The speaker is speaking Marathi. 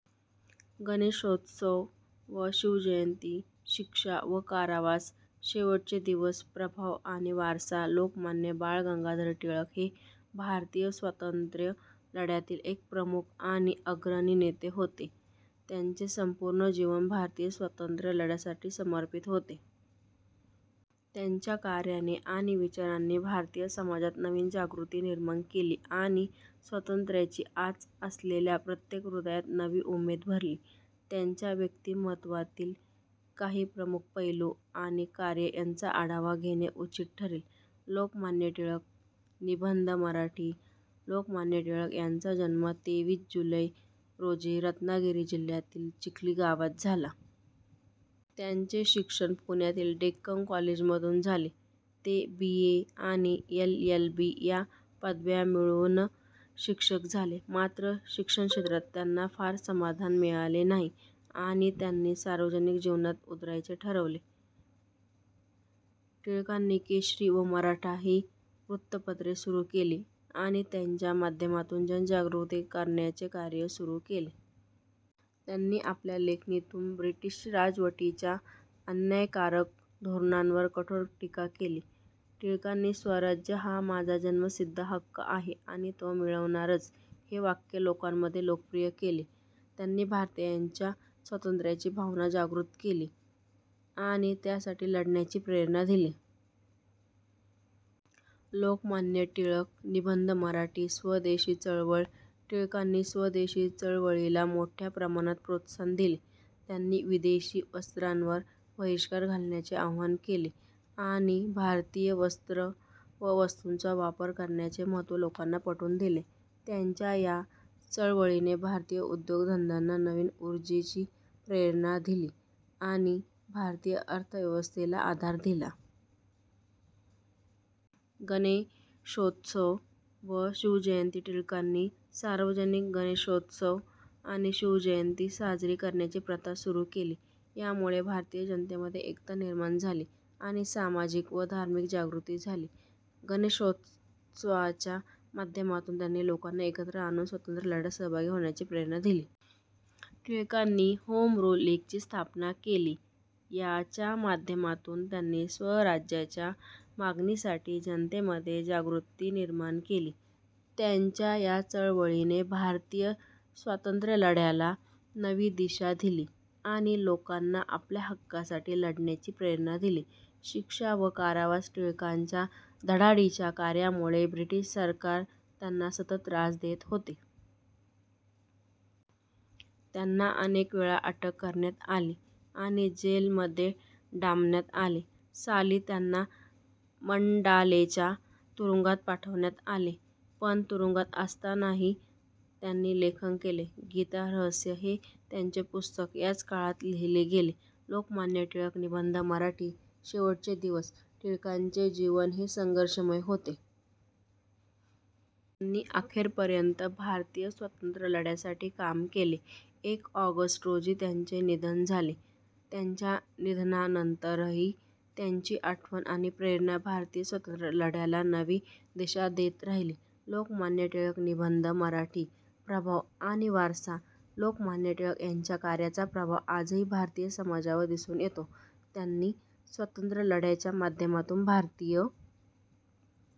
गणेशोत्सव व शिवजयंती, शिक्षा व कारावास, शेवटचे दिवस, प्रभाव आणि वारसा, लोकमान्य बाळ गंगाधर टिळक हे भारतीय स्वातंत्र्य लढ्यातील एक प्रमुख आणि अग्रणी नेते होते. त्यांचे संपूर्ण जीवन भारतीय स्वातंत्र्य लढ्यासाठी समर्पित होते. त्यांच्या कार्याने आणि विचारांनी भारतीय समाजात नवीन जागृती निर्माण केली आणि स्वातंत्र्याची आच असलेल्या प्रत्येक हृदयात नवी उमेद भरली. त्यांच्या व्यक्तिमत्त्वातील काही प्रमुख पैलू आणि कार्य यांचा आढावा घेणे उचित ठरेल. लोकमान्य टिळक निबंध मराठी, लोकमान्य टिळक यांचा जन्म तेवीस जुलै रोजी रत्नागिरी जिल्ह्यातील चिखली गावात झाला. त्यांचे शिक्षण पुण्यातील डेक्कन कॉलेजमधून झाले. ते बी. ए. आणि एल. एल. बी. या पदव्या मिळवून शिक्षक झाले. मात्र, शिक्षणक्षेत्रात त्यांना फार समाधान मिळाले नाही आणि त्यांनी सार्वजनिक जीवनात उतरायचे ठरवले. टिळकांनी केसरी व मराठा ही वृत्तपत्रे सुरू केली आणि त्यांच्या माध्यमातून जनजागृती करण्याचे कार्य सुरू केले. त्यांनी आपल्या लेखणीतून ब्रिटिश राजवटीच्या अन्यायकारक धोरणांवर कठोर टीका केली. टिळकांनी स्वराज्य हा माझा जन्मसिद्ध हक्क आहे आणि तो मी मिळवणारच हे वाक्य लोकांमध्ये लोकप्रिय केले. त्यांनी भारतीयांच्या स्वातंत्र्याची भावना जागृत केली आणि त्यासाठी लढण्याची प्रेरणा दिली. लोकमान्य टिळक निबंध मराठी, स्वदेशी चळवळ, टिळकांनी स्वदेशी चळवळीला मोठ्या प्रमाणात प्रोत्साहन दिले. त्यांनी विदेशी वस्त्रांवर बहिष्कार घालण्याचे आवाहन केले आणि भारतीय वस्त्र व वस्तूंचा वापर करण्याचे महत्त्व लोकांना पटवून दिले. त्यांच्या या चळवळीने भारतीय उद्योगधंद्यांना नवीन ऊर्जेची प्रेरणा दिली आणि भारतीय अर्थव्यवस्थेला आधार दिला. गणेशोत्सव व शिवजयंती, टिळकांनी सार्वजनिक गणेशोत्सव आणि शिवजयंती साजरी करण्याची प्रथा सुरू केली. यामुळे भारतीय जनतेमध्ये एकता निर्माण झाली आणि सामाजिक व धार्मिक जागृती झाली. गणेशोत्सवाच्या माध्यमातून त्यांनी लोकांना एकत्र आणून स्वातंत्र्यलढ्यात सहभागी होण्याची प्रेरणा दिली. टिळकांनी होमरूल लीगची स्थापना केली. याच्या माध्यमातून त्यांनी स्वराज्याच्या मागणीसाठी जनतेमध्ये जागृती निर्माण केली. त्यांच्या या चळवळीने भारतीय स्वातंत्र्यलढ्याला नवी दिशा दिली आणि लोकांना आपल्या हक्कांसाठी लढण्याची प्रेरणा दिली. शिक्षा व कारावास, टिळकांच्या धडाडीच्या कार्यामुळे ब्रिटिश सरकार त्यांना सतत त्रास देत होते. त्यांना अनेक वेळा अटक करण्यात आली आणि जेलमध्ये डांबण्यात आले. साली त्यांना मंडालेच्या तुरुंगात पाठवण्यात आले. पण तुरुंगात असतानाही त्यांनी लेखन केले. गीता रहस्य हे त्यांचे पुस्तक याच काळात लिहिले गेले. लोकमान्य टिळक निबंध मराठी, शेवटचे दिवस, टिळकांचे जीवन हे संघर्षमय होते. त्यांनी अखेरपर्यंत भारतीय स्वातंत्र्यलढ्यासाठी काम केले. एक ऑगस्ट रोजी त्यांचे निधन झाले. त्यांच्या निधनानंतरही त्यांची आठवण आणि प्रेरणा भारतीय स्वातंत्र्यलढ्याला नवी दिशा देत राहिली. लोकमान्य टिळक निबंध मराठी, प्रभाव आणि वारसा, लोकमान्य टिळक यांच्या कार्याचा प्रभाव आजही भारतीय समाजावर दिसून येतो. त्यांनी स्वातंत्र्यलढ्याच्या माध्यमातून भारतीय